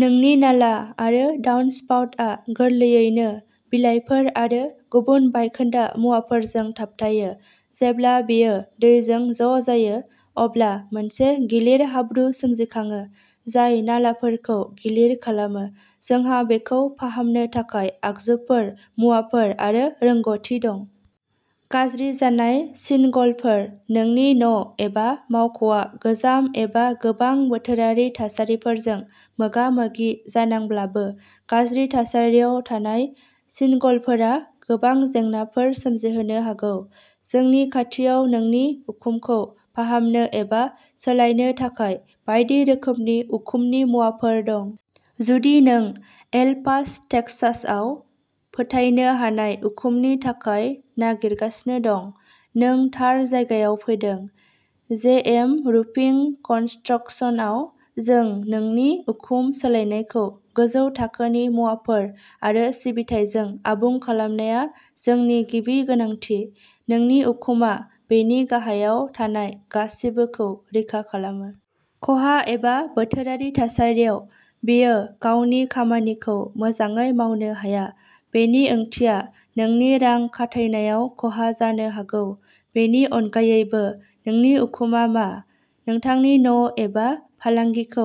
नोंनि नाला आरो डाउनस्पाउटआ गोरलैयैनो बिलाइफोर आरो गुबुन बायखोन्दा मुवाफोरजों थाबथाबो। जेब्ला बेयो दैजों ज' जायो, अब्ला मोनसे गिलिर हाब्रु सोमजिखाङो, जाय नालाफोरखौ गिलिर खालामो। जोंहा बेखौ फाहामनो थाखाय आगजुफोर, मुवाफोर आरो रोंग'थि दं। गाज्रि जानाय सिनगलफोर नोंनि न' एबा मावख'आ गोजाम एबा गोबां बोथोरारि थासारिफोरजों मोगा-मोगि जानांब्लाबो गाज्रि थासारियाव थानाय सिनगलफोरा गोबां जेंनाफोर सोमजिहोनो हागौ। जोंनि खाथियाव नोंनि उखुमखौ फाहामनो एबा सोलायनो थाखाय बायदि रोखोमनि उखुमनि मुवाफोर दं। जुदि नों एल पास टेक्सासआव फोथायनो हानाय उखुमनि थाखाय नागिरगासिनो दं। नों थार जायगायाव फैदों। जेएम रुफिं कन्सट्रक्सनआव जों नोंनि उखुम सोलायनायखौ गोजौ थाखोनि मुवाफोर आरो सिबिथाइजों आबुं खालामनाया जोंनि गिबि गोनांथि। नोंनि उखुमआ बेनि गाहायाव थानाय गासिबोखौ रैखा खालामो। खहा एबा बोथोरारि थासारियाव, बेयो गावनि खामानिखौ मोजाङै मावनो हाया। बेनि ओंथिया नोंनि रां खाथायनायाव खहा जानो हागौ। बेनि अनगायैबो नोंनि उखुमआ मा? नोंथांनि न' एबा फालांगिखौ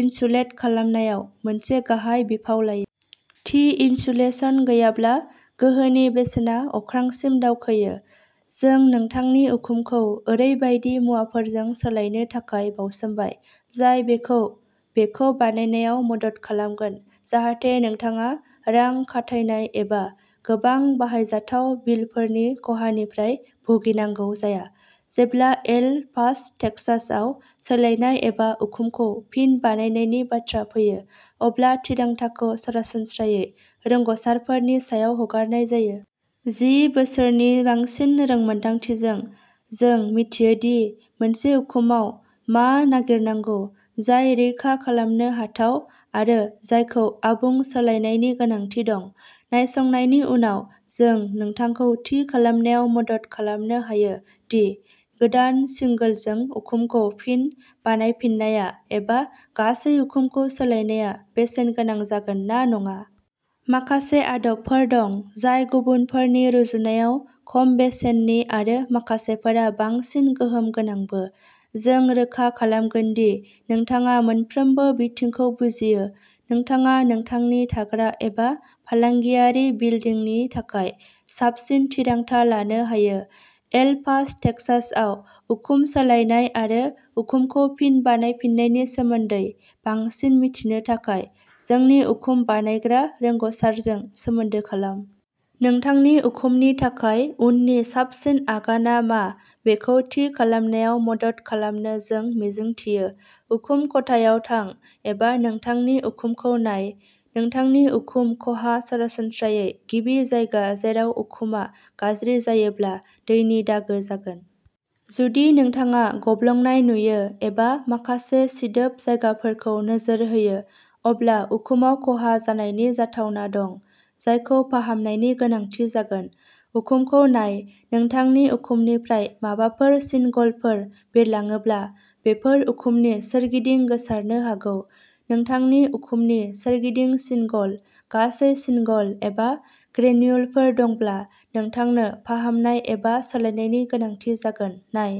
इनसुलेट खालामनायाव मोनसे गाहाय बिफाव लायो। थि इनसुलेशन गैयाब्ला, गोहोनि बेसेना अख्रांसिम दावखोयो। जों नोंथांनि उखुमखौ ओरैबायदि मुवाफोरजों सोलायनो थाखाय बाउसोमबाय, जाय बेखौ बेखौ बानायनायाव मदद खालामगोन जाहाथे नोंथाङा रां खाथायनाय एबा गोबां बाहायजाथाव बिलफोरनि खहानिफ्राय भुगिनांगौ जाया। जेब्ला एल पास'टेक्सासआव सोलायनाय एबा उखुमखौ फिन बानायनायनि बाथ्रा फैयो, अब्ला थिरांथाखौ सरासनस्रायै रोंग'सारफोरनि सायाव हगारनाय जायो। जि बोसोरनि बांसिन रोंमोन्दांथिजों, जों मिथियो दि मोनसे उखुमआव मा नागिरनांगौ जाय रैखा खालामनो हाथाव आरो जायखौ आबुं सोलायनायनि गोनांथि दं। नायसंनायनि उनाव, जों नोंथांखौ थि खालामनायाव मदद खालामनो हायो दि गोदान सिंगोलजों उखुमखौ फिन बानायफिननाया एबा गासै उखुमखौ सोलायनाया बेसेन गोनां जागोन ना नङा। माखासे आदबफोर दं जाय गुबुनफोरनि रुजुनायाव खम बेसेननि आरो माखासेफोरा बांसिन गोहोम गोनांबो। जों रोखा खालामगोन दि नोंथाङा मोनफ्रोमबो बिथिंखौ बुजियो। नोंथाङा नोंथांनि थाग्रा एबा फालांगियारि बिलदिंनि थाखाय साबसिन थिरांथा लानो हायो। एल पास'टेक्सासआव उखुम सोलायनाय आरो उखुमखौ फिन बानायफिन्नायनि सोमोन्दै बांसिन मिथिनो थाखाय, जोंनि उखुम बानायग्रा रोंग'सारजों सोमोन्दो खालाम। नोंथांनि उखुमनि थाखाय उननि साबसिन आगानआ मा बेखौ थि खालामनायाव मदद खालामनो जों मिजिंथियो। उखुम खथायाव थां एबा नोंथांनि उखुमखौ नाय। नोंथांनि उखुम ख'हा सरासनस्रायै गिबि जायगा जेराव उखुमआ गाज्रि जायोब्ला दैनि दागो जागोन। जुदि नोंथाङा गब्लंनाय नुयो एबा माखासे सिदोब जायगाफोरखौ नोजोर होयो, अब्ला उखुमाव खहा जानायनि जाथावना दं। जायखौ फाहामनायनि गोनांथि जागोन। उखुमखौ नाय नोंथांनि उखुमनिफ्राय माबाफोर सिनगलफोर बिरलाङोब्ला, बेफोर उखुमनि सोरगिदिं गोसारनो हागौ। नोंथांनि उखुमनि सोरगिदिं सिनगल, गासै सिनगल एबा ग्रेनयुलफोर दंब्ला, नोंथांनो फाहामनाय एबा सोलायनायनि गोनांथि जागोन। नाय।